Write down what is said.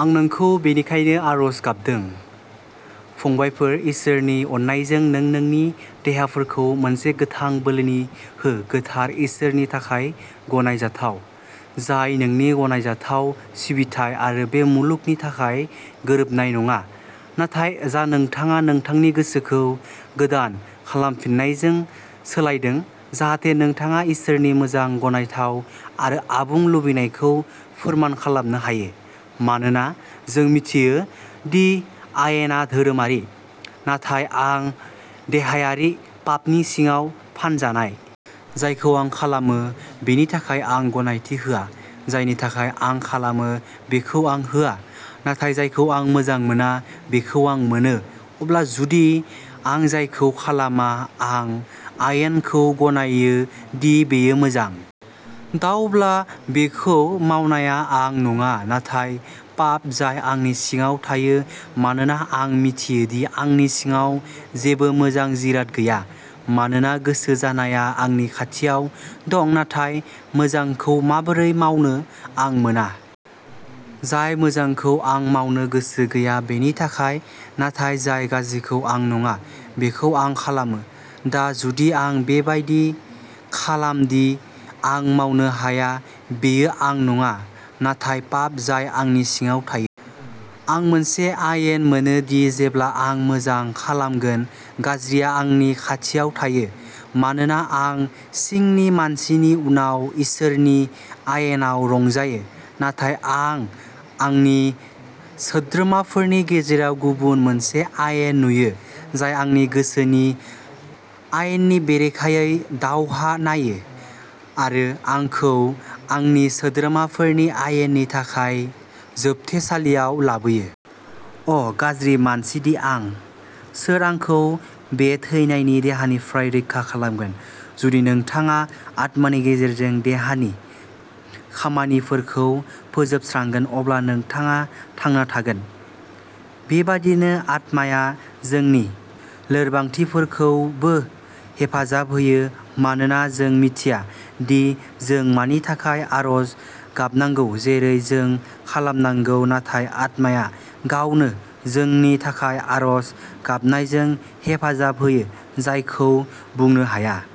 "आं नोंखौ बेनिखायनो आरज गाबदों, फंबायफोर, इसोरनि अननायजों, नों नोंनि देहाफोरखौ मोनसे गोथां बोलि हो, गोथार, इसोरनि थाखाय गनायजाथाव, जाय नोंनि गनायजाथाव सिबिथाइ। आरो बे मुलुगनि थाखाय गोरोबनाय नङाः नाथाय जा। नोंथाङा नोंथांनि गोसोखौ गोदान खालामफिननायजों सोलायदों, जाहाथे नोंथाङा इसोरनि मोजां, गनायथाव आरो आबुं लुबैनायखौ फोरमान खालामनो हायो "" मानोना जों मिथियो दि आयेनआ धोरोमारिः नाथाय आं देहायारि, पापनि सिङाव फानजानाय। जायखौ आं खालामो बेनि थाखाय आं गनायथि होआः जायनि थाखाय आं खालामो, बैखौ आं होआ; नाथाय जायखौ आं मोजां मोना, बेखौ आं मोनो। अब्ला जुदि आं जायखौ खालामा, आं आयेनखौ गनायो दि बेयो मोजां। दा अब्ला बेखौ मावनाया आं नङा, नाथाय पाप जाय आंनि सिङाव थायो। मानोना आं मिथियो दि आंनि सिङाव जेबो मोजां जिराद गैयाः मानोना गोसो जानाया आंनि खाथियाव दं; नाथाय मोजांखौ माबोरै मावनो आं मोना। जाय मोजांखौ आं मावनो गोसो गैया बेनि थाखायः नाथाय जाय गाज्रिखौ आं नङा, बेखौ आं खालामो। दा जुदि आं बेबादि खालामदि आं मावनो हाया, बेयो आं नङा, नाथाय पाप जाय आंनि सिङाव थायो। आं मोनसे आयेन मोनो, दि, जेब्ला आं मोजां खालामगोन, गाज्रिआ आंनि खाथियाव थायो। मानोना आं सिंनि मानसिनि उनाव इसोरनि आयेनाव रंजायोः नाथाय आं आंनि सोद्रोमाफोरनि गेजेराव गुबुन मोनसे आयेन नुयो, जाय आंनि गोसोनि आयेननि बेरेखायै दावहा नायो, आरो आंखौ आंनि सोद्रोमाफोरनि आयेननि थाखाय जोबथेसालियाव लाबोयो। अ, गाज्रि मानसि दि आं! सोर आंखौ बे थैनायनि देहानिफ्राय रैखा खालामगोन? "" जुदि नोंथाङा आत्मानि गेजेरजों देहानि खामानिफोरखौ फोजोबस्रांगोन, अब्ला नोंथाङा थांना थागोन "" बेबादिनो आत्माया जोंनि लोरबांथिफोरखौबो हेफाजाब होयोः मानोना जों मिथिया दि जों मानि थाखाय आरज गाबनांगौ जेरै जों खालामनांगौः नाथाय आत्माया गावनो जोंनि थाखाय आरज गाबनायजों हेफाजाब होयो जायखौ बुंनो हाया।